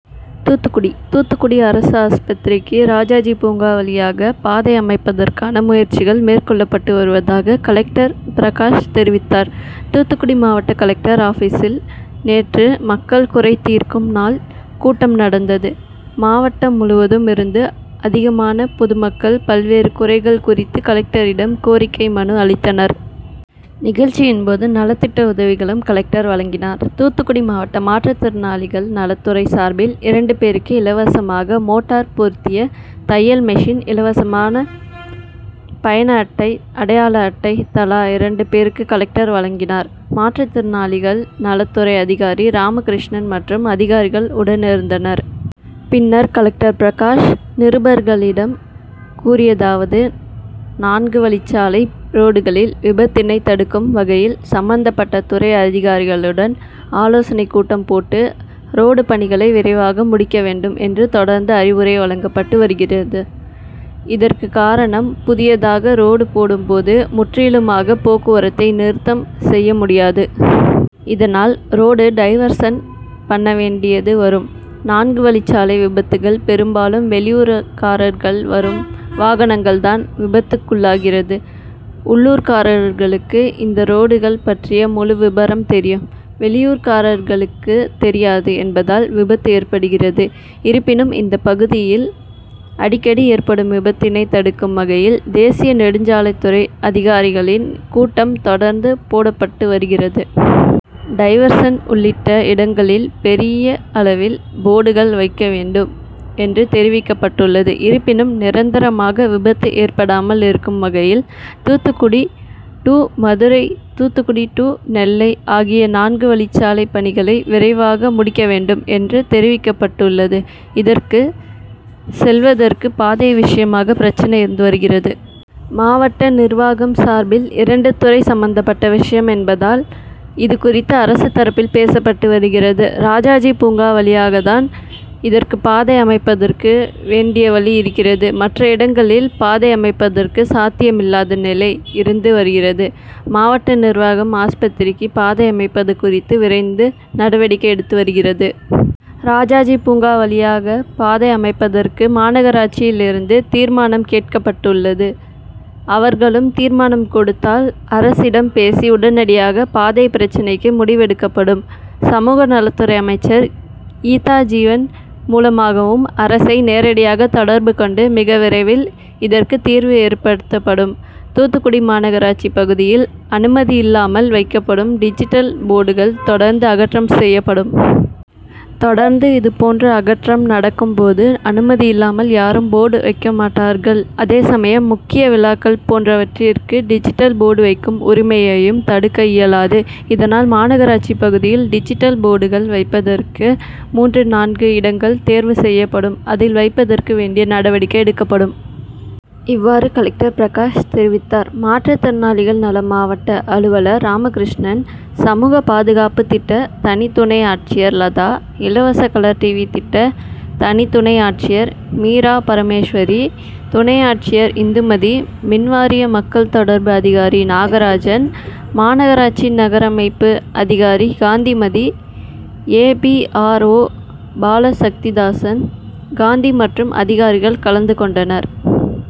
தூத்துக்குடி: தூத்துக்குடி அரசு ஆஸ்பத்திரிக்கு ராஜாஜி பூங்கா வழியாக பாதை அமைப்பதற்கான முயற்சிகள் மேற்கொள்ளப்பட்டு வருவதாக கலெக்டர் பிரகாஷ் தெரிவித்தார். தூத்துக்குடி மாவட்ட கலெக்டர் ஆபிசில் நேற்று மக்கள் குறைதீர்க்கும் நாள் கூட்டம் நடந்தது. மாவட்டம் முழுவதும் இருந்து அதிகமான பொதுமக்கள் பல்வேறு குறைகள் குறித்து கலெக்டரிடம் கோரிக்கை மனு அளித்தனர். நிகழ்ச்சியின் போது நலத்திட்ட உதவிகளும் கலெக்டர் வழங்கினார். தூத்துக்குடி மாவட்ட மாற்றுதிறனாளிகள் நலத்துறை சார்பில் இரண்டு பேருக்கு இலவசமாக மோட்டார் பொருத்திய தையல் மிஷின், இலவச பயண அட்டை, அடையாள அட்டை தலா இரண்டு பேருக்கு கலெக்டர் வழங்கினார். மாற்றுத்திறனாளிகள் நலத்துறை அதிகாரி ராமகிருஷ்ணன் மற்றும் அதிகாரிகள் உடனிருந்தனர். பின்னர் கலெக்டர் பிரகாஷ் நிருபர்களிடம் கூறியதாவது நான்குவழிச்சாலை ரோடுகளில் விபத்தினை தடுக்கும் வகையில் சம்பந்தப்பட்ட துறை அதிகாரிகளுடன் ஆலோசனைக் கூட்டம் போட்டு, ரோடு பணிகளை விரைவாக முடிக்க வேண்டும் என்று தொடர்ந்து அறிவுரை வழங்கப்பட்டு வருகிறது. இதற்கு காரணம் புதியதாக ரோடு போடும் போது முற்றிலுமாக போக்குவரத்தை நிறுத்தம் செய்ய முடியாது. இதனால் ரோடு டைவர்சன் பண்ண வேண்டியது வரும். நான்கு வழிச்சாலை விபத்துகள் பெரும்பாலும் வெளியூர்காரர்கள் வரும் வாகனங்கள் தான் விபத்துக்குள்ளாகிறது. உள்ளூர்காரர்களுக்கு இந்த ரோடுகள் பற்றிய முழு விபரம் தெரியும். வெளியூர்காரர்களுக்கு தெரியாது என்பதால் விபத்து ஏற்படுகிறது. இருப்பினும் இந்த பகுதியில் அடிக்கடி ஏற்படும் விபத்தினை தடுக்கும் வகையில் தேசிய நெடுஞ்சாலைத்துறை அதிகாரிகளின் கூட்டம் தொடர்ந்து போடப்பட்டு வருகிறது. டைவர்சன் உள்ளிட்ட இடங்களில் பெரிய அளவில் போர்டுகள் வைக்க வேண்டும் என்று தெரிவிக்கப்பட்டுள்ளது. இருப்பினும் நிரந்தரமாக விபத்து ஏற்படாமல் இருக்கும் வகையில் தூத்துக்குடி டூ மதுரை, தூத்துக்குடி டூ நெல்லை ஆகிய நான்கு வழிச்சாலை பணிகளை விரைவாக முடிக்க வேண்டும் என்று தெரிவிக்கப்பட்டுள்ளது. இதற்கு செல்வதற்கு பாதை விஷயமாக பிரச்னை இருந்து வருகிறது. மாவட்ட நிர்வாகம் சார்பில் இரண்டு துறை சம்பந்தபட்ட விஷயம் என்பதால் இது குறித்து அரசு தரப்பில் பேசப்பட்டு வருகிறது. ராஜாஜி பூங்கா வழியாகத்தான் இதற்கு பாதை அமைப்பதற்கு வேண்டிய வழி இருக்கிறது. மற்ற இடங்களில் பாதை அமைப்பதற்கு சாத்தியம் இல்லாத நிலை இருந்து வருகிறது. மாவட்ட நிர்வாகம் ஆஸ்பத்திரிக்கு பாதை அமைப்பது குறித்து விரைந்து நடவடிக்கை எடுத்து வருகிறது. ராஜாஜி பூங்கா வழியாக பாதை அமைப்பதற்கு மாநகராட்சியில் இருந்து தீர்மானம் கேட்கப்பட்டுள்ளது. அவர்களும் தீர்மானம் கொடுத்தால் அரசிடம் பேசி உடனடியாக பாதை பிரச்னைக்கு முடிவு எடுக்கப்படும். சமூகநலத்துறை அமைச்சர் கீதாஜீவன் மூலமாகவும் அரசை நேரடியாக தொடர்பு கொண்டு மிக விரைவில் இதற்கு தீர்வு ஏற்படுத்தப்படும். தூத்துக்குடி மாநகராட்சி பகுதியில் அனுமதி இல்லாமல் வைக்கப்படும் டிஜிட்டல் போர்டுகள் தொடர்ந்து அகற்றம் செய்யப்படும். தொடர்ந்து இதுபோன்ற அகற்றம் நடக்கும் போது அனுமதி இல்லாமல் யாரும் போர்டு வைக்கமாட்டார்கள். அதே சமயம் முக்கிய விழாக்கள் போன்றவற்றிற்கு டிஜிட்டல் போர்டு வைக்கும் உரிமையையும் தடுக்க இயலாது. இதனால் மாநகராட்சி பகுதியில் டிஜிட்டல் போர்டுகள் வைப்பதற்கு மூன்று நான்கு இடங்கள் தேர்வு செய்யப்படும் அதில் வைப்பதற்கு வேண்டிய நடவடிக்கை எடுக்கப்படும். இவ்வாறு கலெக்டர் பிரகாஷ் தெரிவித்தார். மாற்றுதிறனாளிகள் நல மாவட்ட அலுவலர் ராமகிருஷ்ணன், சமூக பாதுகாப்பு திட்ட தனி துணை ஆட்சியர் லதா, இலவச கலர்டிவி திட்ட தனி துணை ஆட்சியர் மீராபரமேஸ்வரி, துணை ஆட்சியர் இந்துமதி, மின்வாரிய மக்கள் தொடர்பு அதிகாரி நாகராஜன், மாநகராட்சி நகரமைப்பு அதிகாரி Gandhimathi, A. P. R. O Balasakthidasan, Gandhi மற்றும் அதிகாரிகள் கலந்து கொண்டனர்.